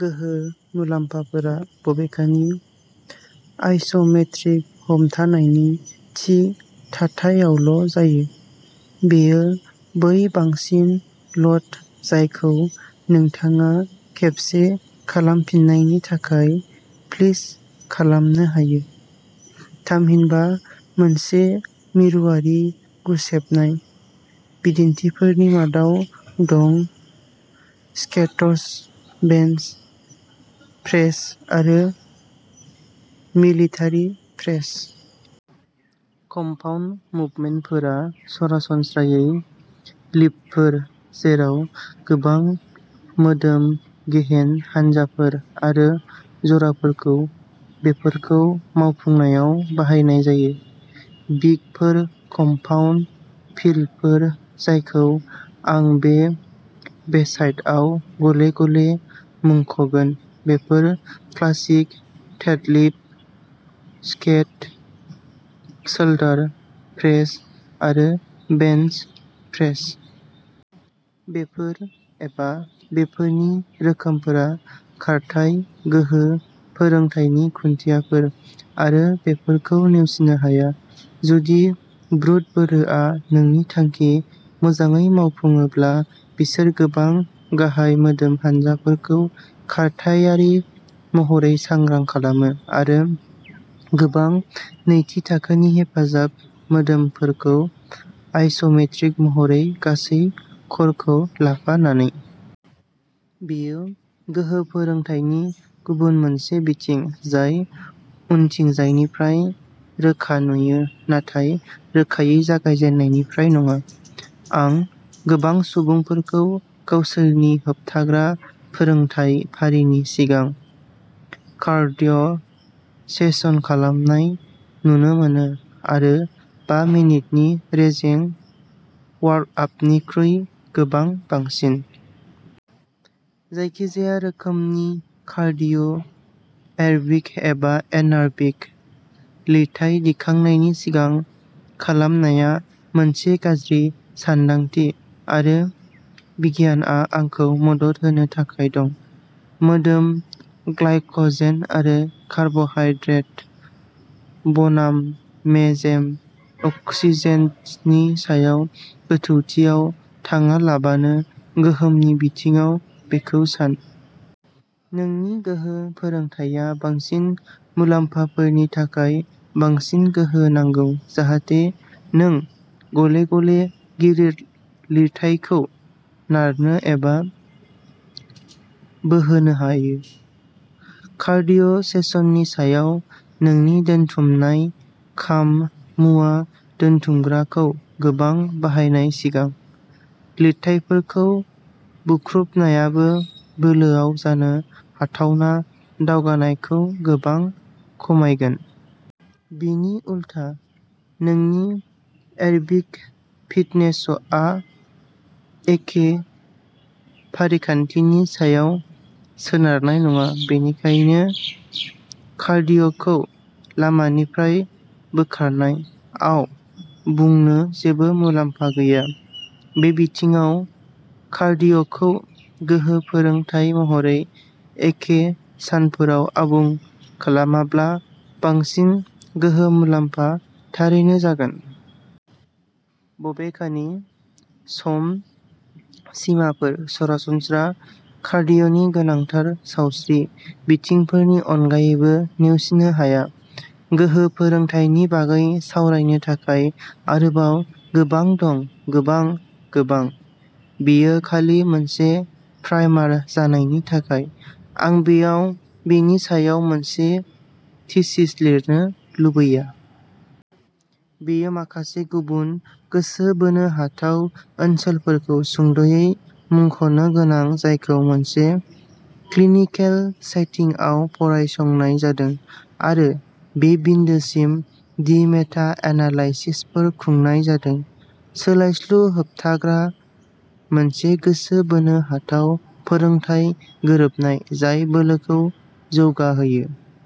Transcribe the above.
गोहो मुलाम्फाफोरा बबेखानि आइस'मेट्रिक हमथानायनि थि थाथायावल' जायो। बेयो बै बांसिन ल'ड जायखौ नोंथाङा खेबसे खालामफिननायनि थाखाय प्लिस खालामनो हायो, थामहिनबा मोनसे मिरुआरि गुसेबनाय। बिदिन्थिफोरनि मादाव दं स्क्वेट्स, बेन्च प्रेस आरो मिलिटारि प्रेस। कम्पाउन्ड मुभमेन्टफोरा सरासनस्रायै लिफ्टफोर, जेराव गोबां मोदोम गेहेन हानजाफोर आरो जराफोरखौ बेफोरखौ मावफुंनायाव बाहायनाय जायो। बिग फोर कम्पाउन्ड फिलफोर जायखौ आं बे वेसाइटआव गले गले मुंखगोन बेफोरो classic deadlift, squat, shoulder press आरो बेन्च प्रेस। बेफोर, एबा बेफोरनि रोखोमफोरा, खारथाइ गोहो फोरोंथायनि खुन्थियाफोर, आरो बेफोरखौ नेवसिनो हाया। जुदि ब्रुट बोरोआ नोंनि थांखि। मोजाङै मावफुंङोब्ला, बिसोरो गोबां गाहाय मोदोम हानजाफोरखौ खारथायारि महरै सांग्रां खालामो, आरो गोबां नैथि थाखोनि हेफाजाब मोदोमफोरखौ आइस'मेट्रिक महरै, गासै क'रखौ लाफानानै। बेयो गोहो फोरोंथायनि गुबुन मोनसे बिथिं जाय उनथिंजायनिफ्राय रोखा नुयो नाथाय रोखायै जागायजेननायनिफ्राय नङा। आं गोबां सुबुंफोरखौ गावसोरनि होबथाग्रा फोरोंथाय फारिनि सिगां कार्डिय' सेसन खालामनाय नुनो मोनो, आरो बा मिनिटनि रेजें वार्मआपनिख्रुइ गोबां बांसिन। जायखिजाया रोखोमनि कार्डिय', एरबिक एबा एनारबिक, लिरथाय दिखांनायनि सिगां खालामनाया मोनसे गाज्रि सानदांथि, आरो बिगियानआ आंखौ मदद होनो थाखाय दं। मोदोम ग्लाइक'जेन आरो कार्ब'हाइड्रेट बनाम मेजेम अक्सिडेशननि सायाव गोथौथियाव थाङालाबानो, गोहोनि बिथिङाव बेखौ सान। नोंनि गोहो फोरोंथाया बांसिन मुलाम्फाफोरनि थाखाय बांसिन गोहो नांगौ, जाहाथे नों गले गले गिलिर लिरथायखौ नारनो एबा बोहोनो हायो। कार्डिय' सेसननि समाव नोंनि दोनथुमनाय खाम मुवा दोनथुमग्राखौ गोबां बाहायनाय, सिगां। लिरथायफोरखौ बुख्रुबनायाबो, बोलोआव जानो हाथावना दावगानायखौ गोबां खमायगोन। बिनि उलथा, नोंनि एरबिक फिटनेसआ एखे फारिखान्थिनि सायाव सोनारनाय नङा, बेनिखायनो "कार्डिय'खौ लामानिफ्राय बोखारनाय" आव बुंनो जेबो मुलाम्फा गैया। बे बिथिङाव, कार्डिय'खौ गोहो फोरोंथाय महरै एखे सानफोराव आबुं खालामाब्ला बांसिन गोहो मुलाम्फा थारैनो जागोन। बबेखानि, सम सिमाफोर, सरासनस्रा कार्डिय'नि गोनांथार सावस्रि बिथिंफोरनि अनगायैबो नेवसिनो हाया। गोहो फोरोंथायनि बागै सावरायनो थाखाय आरोबाव गोबां दं गोबां, गोबां। बेयो खालि मोनसे प्राइमार जानायनि थाखाय, आं बेयाव बेनि सायाव मोनसे थीसिस लिरनो लुबैया। बेयो माखासे गुबुन गोसो बोनो हाथाव ओनसोलफोरखौ सुंद'यै मुंख'नो गोनां जायखौ मोनसे क्लिनिकेल सेटिंआव फरायसंनाय जादों, आरो बे बिन्दोसिम दि मेटा एनालाइसिसफोर खुंनाय जादों। सोलायस्लु होबथाग्रा मोनसे गोसो बोनो हाथाव फोरोंथाय गोरोबनाय जाय बोलोखौ जौगाहोयो।